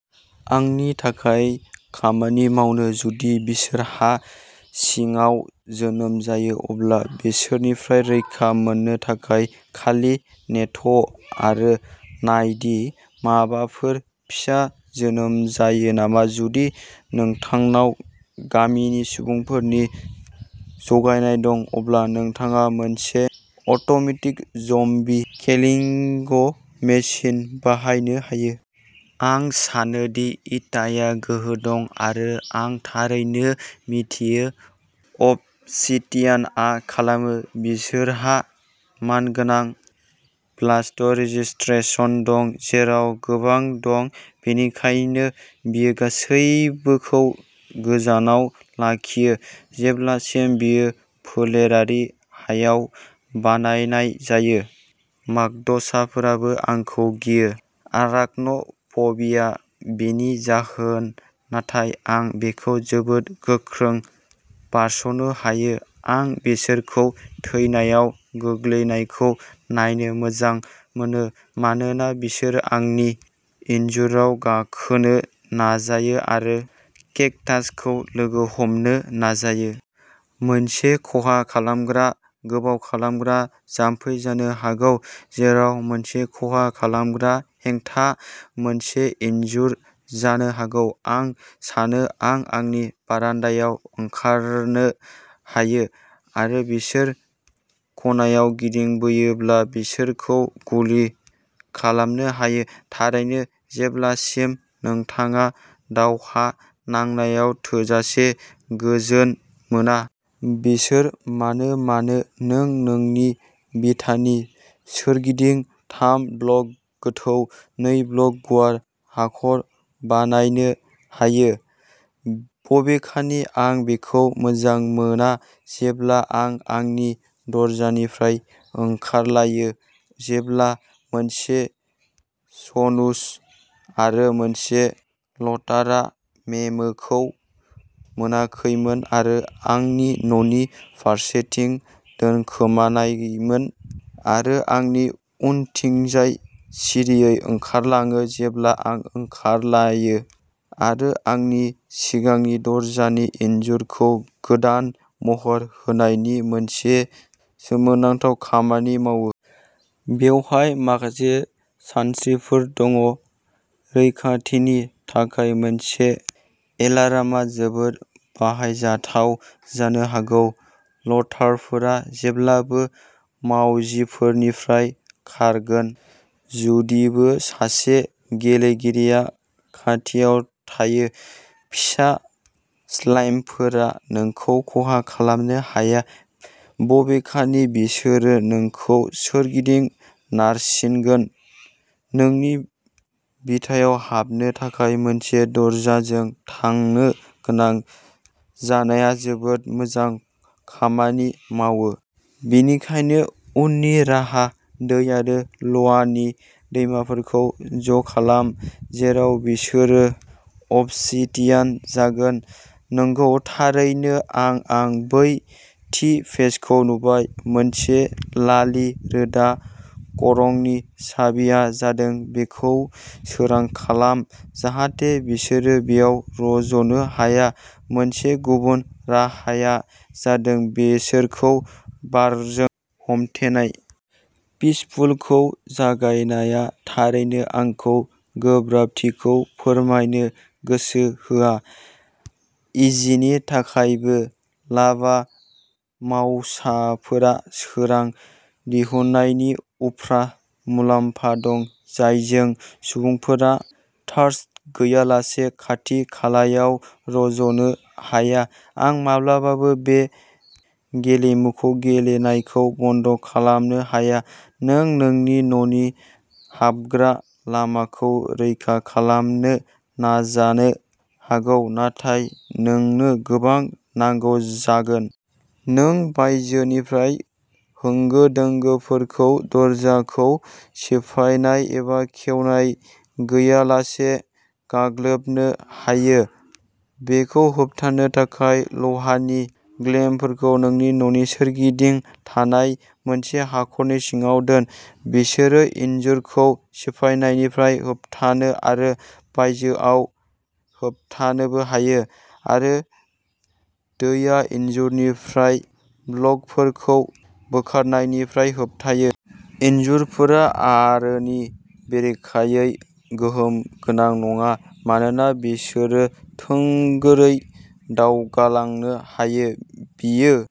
आंनि थाखाय खामानि मावोनो। जुदि बिसोर हा सिङाव जोनोम जायो अब्ला बिसोरनिफ्राय रैखा मोननो थाखाय, खालि नेथ'आरो नाय दि माबाफोर फिसा जोनोम जायो नामा। जुदि नोंथांनाव गामिनि सुबुंफोरनि जगायनाय दं, अब्ला नोंथाङा मोनसे अट'मेटिक ज'म्बी किलिंग मेसिन बानायनो हायो। आं सानो दि इटाया गोहो दं, आरो आं थारैनो मिथियो अबसिडियानआ खालामो। बिसोरहा मानगोनां ब्लास्ट रेजिस्टेन्स दं, जेराव गोबां दं। बेनिखायनो, बेयो गासैबोखौ गोजानाव लाखियो, जेब्लासिम बेयो फोलेरारि हायाव बानायनाय जायो। माकड़साफोराबो आंखौ गियो, आराकन'फबिया बेनि जाहोन नाथाय आं बेखौ जोबोद गोख्रै बारस'नो हायो, आं बिसोरखौ थैनायाव गोग्लैनायखौ नायनो मोजां मोनो मानोना बिसोरो आंनि इनजुराव गाखोनो नाजायो आरो केक्टासखौ लोगो हमनो नाजायो। मोनसे खहा खालामग्रा गोबाव खालामग्रा जामफै जानो हागौ; जेराव मोनसे खहा खालामग्रा हेंथा मोनसे इनजुर जानो हागौ। आं सानो आं आंनि बारान्दायाव ओंखारनो हायो आरो बिसोर खनायाव गिदिंबोयोब्ला बिसोरखौ गुलि खालामनो हायो। थारैनो, जेब्लासिम नोंथाङा दावहा नांनायाव थोजासे गोजोन मोना। बिसोर मानो मानो, नों नोंनि बिथानि सोरगिदिं थाम ब्लक गोथौ, नै ब्लक गुवार हाखर बानायनो हायो। बबेखानि, आं बेखौ मोजां मोना जेब्ला आं आंनि दरजानिफ्राय ओंखारलायो जेब्ला मोनसे स्नुज आरो मोनसे लतारआ मेमोखौ मोनाखैमोन आरो आंनि न'नि फारसेथिं दोनखोमानायमोन आरो आंनि उनथिंजाय सिरियै ओंखारलाङो जेब्ला आं ओंखारलायो आरो आंनि सिगांनि दरजानि इनजुरखौ गोदान महर होनायनि मोनसे सोमोनांथाव खामानि मावो। बेवहाय माखासे सानस्रिफोर दङः रैखाथिनि थाखाय मोनसे एलार्मआ जोबोद बाहायजाथाव जानो हागौ। लतारफोरा जेब्लाबो मावजिफोरनिफ्राय खारगोन, जुदिबो सासे गेलेगिरिया खाथियाव थायो। फिसा स्लाइमफोरा नोंखौ खहा खालामनो हाया, बबेखानि बिसोरो नोंखौ सोरगिदिं नारसिगोन। नोंनि बिथायाव हाबनो थाखाय मोनसे दरजाजों थांनो गोनां जानाया जोबोद मोजां खामानि मावो। बेनिखायनो, उननि राहाः-दै आरो लावानि दैमाफोरखौ ज'खालाम, जेराव बिसोरो अबसिडियन जागोन। नंगौ, थारैनो, आं आं बै थि पेजखौ नुबाय। मोनसे लालि-रोदा खरंनि साबिआ जादोंः बेखौ सोरां खालाम जाहाथे बिसोर बेयाव रज'नो हाया। मोनसे गुबुन राहाया जादों बेफोरखौ बारजों हमथेनाय। पिसफुलखौ जागायनाया थारैनो आंखौ गोब्राबथिखौ फोरमायनो गोसो होआ, इजिनि थाखायबो। लाभा-मावसाफोरा सोरां दिहुननायनि उफ्रा मुलाम्फा दं, जायजों सुबुंफोरा टार्च गैयालासे खाथि-खालायाव रज'नो हाया। आं माब्लाबाबो बे गेलेमुखौ गेलेनायखौ बन्द खालामनो हाया! नों नोंनि न'नि हाबग्रा लामाखौ रैखा खालामनो नाजानो हागौ, नाथाय नोंनो गोबां नांगौ जागोन। नों बायजोनिफ्राय होंगो दोंगोफोरखौ दरजाखौ सिफायनाय एबा खेवनाय गैयालासे गाग्लोबनो हायो। बेखौ होबथानो थाखाय, लहानि ग'लेमफोरखौ नोंनि न'नि सोरगिदिं थानाय मोनसे हाखरनि सिङाव दोन। बिसोरो इनजुरखौ सिफायनायनिफ्राय होबथानो आरो बायजोआव होबथानोबो हायो, आरो दैया इनजुरनिफ्राय ब्लकफोरखौ बोखारनायनिफ्रायबो होबथायो। इनजुरफोरा आरोनि बेरेखायै गोहोम गोनां नङा, मानोना बिसोरो थोंगोरै दावगालांनो हायो। बेयो